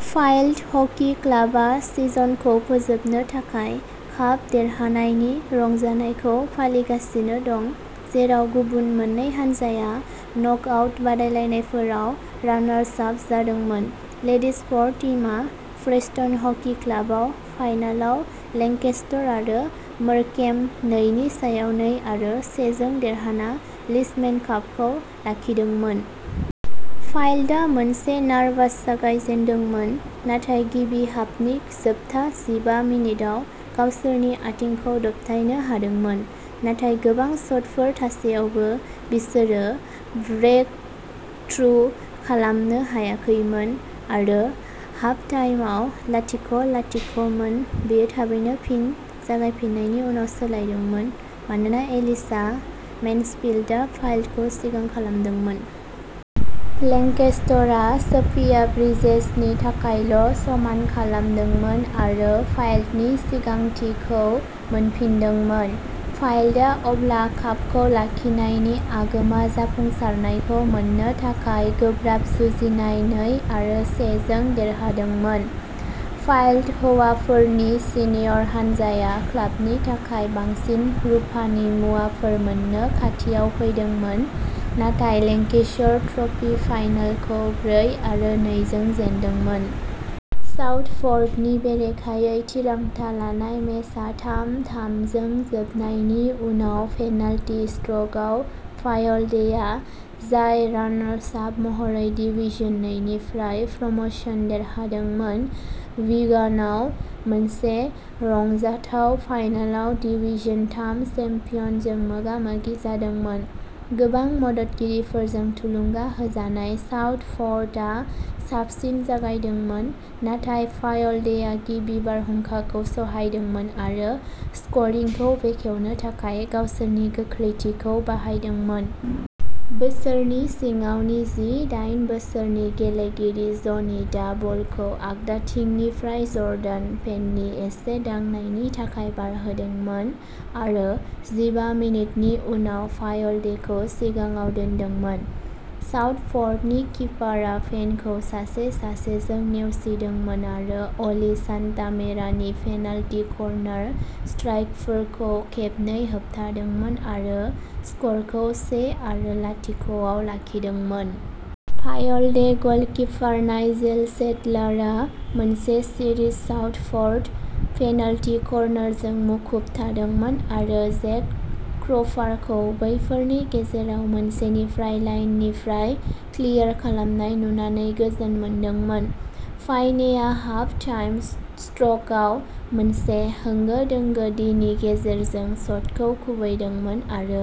Filed hockey क्लाबआ सिजनखौ फोजोबनो थाखाय काप देरहानायनि रंजानायखौ फालिगासिनो दं, जेराव गुबुन मोन्नै हानजाया नकआउट बादायलायनायफोराव रानार्स आप जादोंमोन। लेडिज फर्थ टीमआ प्रेस्टन हकि क्लाबआव फाइनालाव लेंकेस्टर आरो मोरकेम्ब नै नि सायाव नै आरो से जों देरहाना लिशमेन कापखौ लाखिदोंमोन। फाइल्डआ मोनसे नारभास जागायजेन्दोंमोन नाथाय गिबि हाफनि जोबथा जिबा मिनिटआव गावसोरनि आथिंखौ दबथायनो हादोंमोन। नाथाय गोबां शटफोर थासेयावबो बिसोरो ब्रेकथ्रु खालामनो हायाखैमोन आरो हाफटाइमआव लाथिख'-लाथिख' मोन। बेयो थाबैनो फिन जागायफिन्नायनि उनाव सोलायदोंमोन मानोना एलिशा मेन्सफील्डआ फाइल्डखौ सिगां खालामदोंमोन। लेंकेस्टरआ सोफिया ब्रिजेसनि थाखायल' समान खालामदोंमोन आरो फाइल्डनि सिगांथिखौ मोनफिनदोंमोन। फाइल्डआ अब्ला कापखौ लाखिनायनि आगोमा जाफुंसारनायखौ मोन्नो थाखाय गोब्राब जुजिनाय नै आरो से जों देरहादोंमोन। फाइल्ड हौवाफोरनि सिनियर हानजाया क्लाबनि थाखाय बांसिन रुफानि मुवाफोर मोननो खाथियाव फैदोंमोन नाथाय लेंकेशर ट्रफी फाइनालखौ ब्रै आरो नै जों जेनदोंमोन। साउथपर्टनि बेरेखायै थिरांथा लानाय मेचआ थाम-थाम जों जोबनायनि उनाव पेनाल्टि स्ट्र'कआव फायल्डेआ, जाय रानार्स आप महरै डिवीजन नैनिफ्राय प्रम'शन देरहादोंमोन, विगानाव मोनसे रंजाथाव फाइनालाव डिवीजन थाम चेम्पियनजों मोगा मोगि जादोंमोन। गोबां मददगिरिफोरजों थुलुंगा होजानाय, साउथपर्टआ साबसिन जागायदोंमोन नाथाय फायल्डेआ गिबि बारहुंखाखौ सहायदोंमोन आरो स्क'रिंखौ बेखेवनो थाखाय गावसोरनि गोख्रैथिखौ बाहायदोंमोन। बोसोरनि सिङावनि जि दाइन बोसोरनि गेलेगिरि ज'निथआ बलखौ आगदाथिंनिफ्राय जर्डान पेननि एसे दांनायनि थाखाय बारहोदोंमोन आरो जिबा मिनिटनि उनाव फायल्डेखौ सिगाङाव दोनदोंमोन। साउथपर्टनि किपारआ पेनखौ सासे सासेजों नेवसिदोंमोन आरो अलि सान्टामेरानि पेनाल्टि कर्नार स्ट्राइकफोरखौ खेबनै होबथादोंमोन आरो स्क'रखौ से आरो लाथिख' आव लाखिदोंमोन। फायल्डे गलकिपार नाइजेल सेडलारआ मोनसे सिरिज साउथपोर्ट पेनाल्टि कर्नारजों मुखुब थादोंमोन आरो जेक क्र'पारखौ बैफोरनि गेजेराव मोनसेनिफ्राय लाइननिफ्राय क्लियार खालामनाय नुनानै गोजोन मोनदोंमोन। पायनेआ हाफ टाइम स्ट्र'कआव मोनसे होंगो दोंगो डीनि गेजेरजों शटखौ खुबैदोंमोन आरो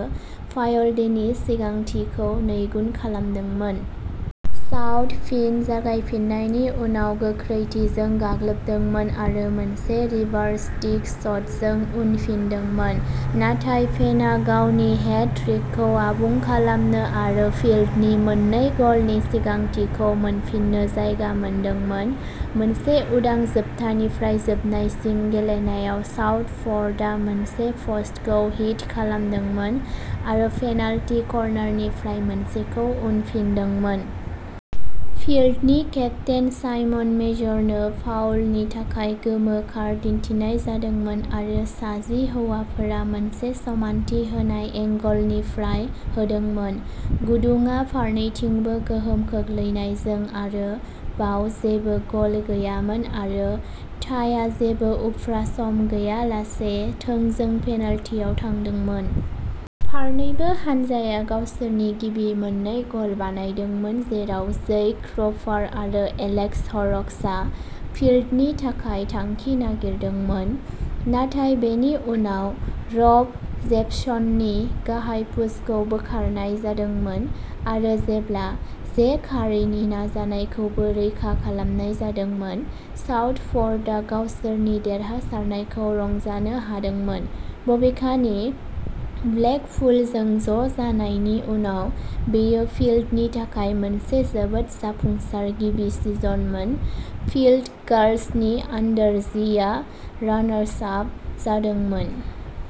फायल्डेनि सिगांथिखौ नैगुन खालामदोंमोन। साउथ फिन जागायफिन्नायनि उनाव गोख्रैथिजों गाग्लोबदोंमोन आरो मोनसे रिभार्स स्टिक शटजों उनफिनदोंमोन, नाथाय पेनआ गावनि हेट ट्रिकखौ आबुं खालामनो आरो फिल्डनि मोननै ग'लनि सिगांथिखौ मोनफिननो जायगा मोनदोंमोन। मोनसे उदां, जोबथानिफ्राय जोबनायसिम गेलेनायाव साउथप'र्टआ मोनसे प'स्टखौ हिट खालामदोंमोन आरो पेनाल्टी कर्नारनिफ्राय मोनसेखौ उनफिनदोंमोन। फिल्डनि केप्तेन साइमन मेजरनो फाउलनि थाखाय गोमो कार्ड दिन्थिनाय जादोंमोन आरो सा जि हौवाफोरा मोनसे समानथि होनाय एंगलनिफ्राय होदोंमोन। गुदुंआ फारनैथिंबो गोहोम खोख्लैनायजों, आरोबाव जेबो गल गैयामोन आरो टाइआ जेबो उफ्रा सम गैयालासे थोंजों पेनाल्टीआव थांदोंमोन। फारनैबो हानजाया गावसोरनि गिबि मोननै गल बानायदोंमोन, जेराव जैक क्रपार आरो एलेक्स हर'क्सआ फिल्डनि थाखाय थांखि नागिरदोंमोन, नाथाय बेनि उनाव रब जेपसननि गाहाय पुशखौ बोखारनाय जादोंमोन। आरो जेब्ला जे कारिनि नाजानायखौबो रैखा खालामनाय जादोंमोन, साउथप'र्टआ गावसोरनि देरहासारनायखौ रंजानो हादोंमोन, बबेखानि ब्लेकपुलजों ज'जानायनि उनाव बेयो फिल्डनि थाखाय मोनसे जोबोद जाफुंसार गिबि सिजनमोन। फिल्द गार्ल्सनि आन्डार जि आ रानार्स आप जादोंमोन।